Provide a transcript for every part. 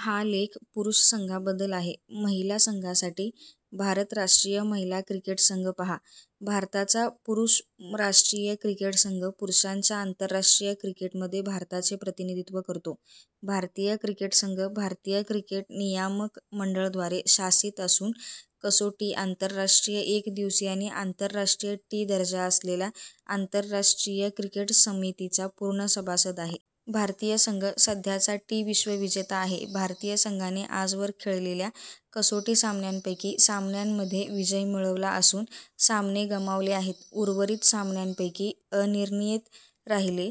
हा लेख पुरुष संघाबद्दल आहे. महिला संघासाठी, भारत राष्ट्रीय महिला क्रिकेट संघ पहा. भारताचा पुरुष राष्ट्रीय क्रिकेट संघ पुरुषांच्या आंतरराष्ट्रीय क्रिकेटमध्ये भारताचे प्रतिनिधित्व करतो. भारतीय क्रिकेट संघ भारतीय क्रिकेट नियामक मंडळ द्वारे शासित असून कसोटी, आंतरराष्ट्रीय एकदिवसीय आणि आंतरराष्ट्रीय टी दर्जा असलेला आंतरराष्ट्रीय क्रिकेट समितीचा पूर्ण सभासद आहे. भारतीय संघ सध्याचा टी विश्वविजेता आहे. भारतीय संघाने आजवर खेळलेल्या कसोटी सामन्यांपैकी सामन्यांमध्ये विजय मिळवला असून सामने गमावले आहेत. उर्वरित सामन्यांपैकी अनिर्णित राहिले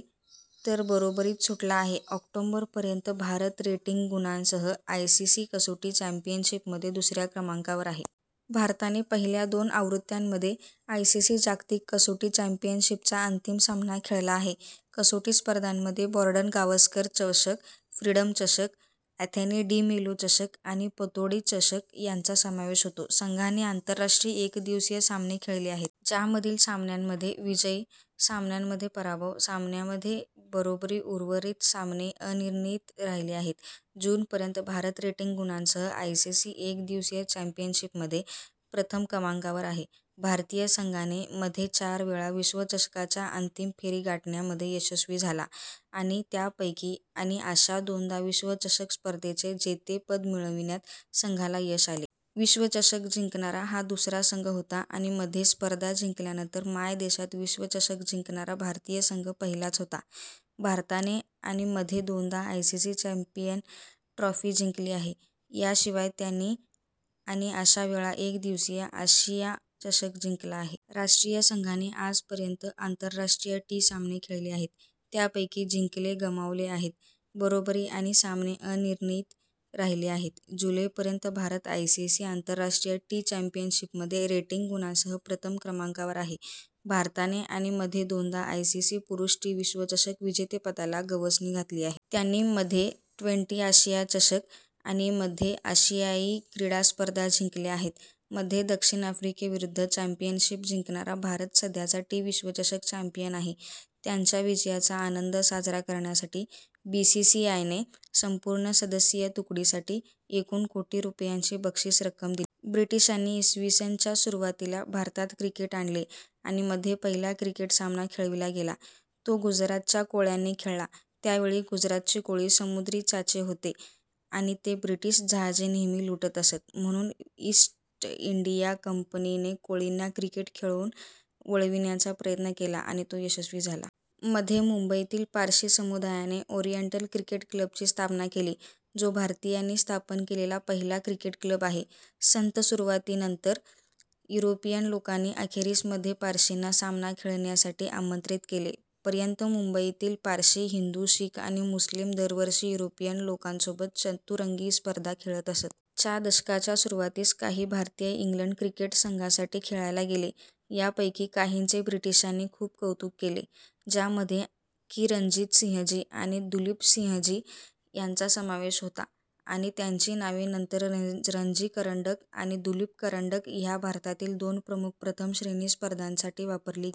तर बरोबरीत सुटला आहे. ऑक्टोबर पर्यंत, भारत रेटिंग गुणांसह आयसीसी कसोटी चॅम्पियनशिप मध्ये दुसऱ्या क्रमांकावर आहे. भारताने पहिल्या दोन आवृत्त्यांमध्ये आयसीसी जागतिक कसोटी चॅम्पियनशिप चा अंतिम सामना खेळला आहे. कसोटी स्पर्धांमध्ये बॉर्डर-गावस्कर चषक, फ्रीडम चषक, अँथनी डि मेलो चषक आणि पतौडी चषक यांचा समावेश होतो. संघाने आंतरराष्ट्रीय एकदिवसीय सामने खेळले आहेत. ज्यामधील सामन्यांमध्ये विजय, सामन्यांमध्ये पराभव, सामन्यांमध्ये बरोबरी उर्वरित सामने अनिर्णित राहिले आहेत. जून पर्यंत, भारत रेटिंग गुणांसह आयसीसी एकदिवसीय चॅम्पियनशिपमध्ये प्रथम क्रमांकावर आहे. भारतीय संघाने,,, मध्ये चार वेळा विश्वचषका च्या अंतिम फेरी गाठण्यामध्ये यशस्वी झाला आहे आणि त्यापैकी आणि अशा दोनदा विश्वचषक स्पर्धेचे जेतेपद मिळविण्यात संघाला यश आले. विश्वचषक जिंकणारा हा दुसरा संघ होता आणि मध्ये स्पर्धा जिंकल्यानंतर मायदेशात विश्वचषक जिंकणारा भारतीय संघ पहिलाच होता. भारताने आणि मध्ये दोनदा आयसीसी चॅम्पियन्स ट्रॉफी जिंकली आहे. याशिवाय, त्यांनी,, -,,, आणि अशा वेळा एकदिवसीय आशिया चषक जिंकला आहे. राष्ट्रीय संघाने आजपर्यंत आंतरराष्ट्रीय टी सामने खेळले आहेत. त्यापैकी जिंकले, गमावले आहेत, बरोबरी आणि सामने अनिर्णित राहिले आहेत. जूलै पर्यंत, भारत आयसीसी आंतरराष्ट्रीय टी चॅम्पियनशिपमध्ये रेटिंग गुणांसह प्रथम क्रमांकावर आहे. भारताने आणि मध्ये दोनदा आयसीसी पुरुष टी विश्वचषक विजेतेपदाला गवसणी घातली आहे. त्यांनी मध्ये ट्वेंटी आशिया चषक आणि मध्ये आशियाई क्रीडा स्पर्धा जिंकल्या आहेत. मध्ये दक्षिण आफ्रिकेविरुद्ध चॅम्पियनशिप जिंकणारा भारत सध्याचा टी विश्वचषक चॅम्पियन आहे. त्यांच्या विजयाचा आनंद साजरा करण्यासाठी, बीसीसीआयने संपूर्ण सदस्यीय तुकडीसाठी एकूण कोटी रुपयांची बक्षीस रक्कम दिली. ब्रिटिशांनी इ. स. च्या सुरुवातीला भारतात क्रिकेट आणले आणि मध्ये पहिला क्रिकेट सामना खेळविला गेला. तो गुजरातच्या कोळ्यांनी खेळला. त्यावेळी गुजरातचे कोळी समुद्री चाचे होते आणि ते ब्रिटीश जहाजे नेहमी लुटत असत म्हणून ईस्ट इंडिया कंपनी ने कोळींना क्रिकेट खेळून वळविण्याचा प्रयत्न केला आणि तो यशस्वी झाला. मध्ये, मुंबईतील पारशी समुदायाने ओरिएंटल क्रिकेट क्लबची स्थापना केली, जो भारतीयांनी स्थापन केलेला पहिला क्रिकेट क्लब आहे. संथ सुरुवातीनंतर, युरोपियन लोकांनी अखेरीस मध्ये पारशींना सामना खेळण्यासाठी आमंत्रित केले. पर्यंत, मुंबईतील पारशी, हिंदू, शीख आणि मुस्लिम दरवर्षी युरोपियन लोकांसोबत चतुरंगी स्पर्धा खेळत असत. च्या दशकाच्या सुरुवातीस, काही भारतीय इंग्लंड क्रिकेट संघासाठी खेळायला गेले. यापैकी काहींचे ब्रिटीशांनी खूप कौतुक केले, ज्यामध्ये की रणजितसिंहजी आणि दुलीपसिंहजी यांचा समावेश होता आणि त्यांची नावे नंतर रणजी करंडक आणि दुलीप करंडक ह्या भारतातील दोन प्रमुख प्रथम श्रेणी स्पर्धांसाठी वापरली गेली.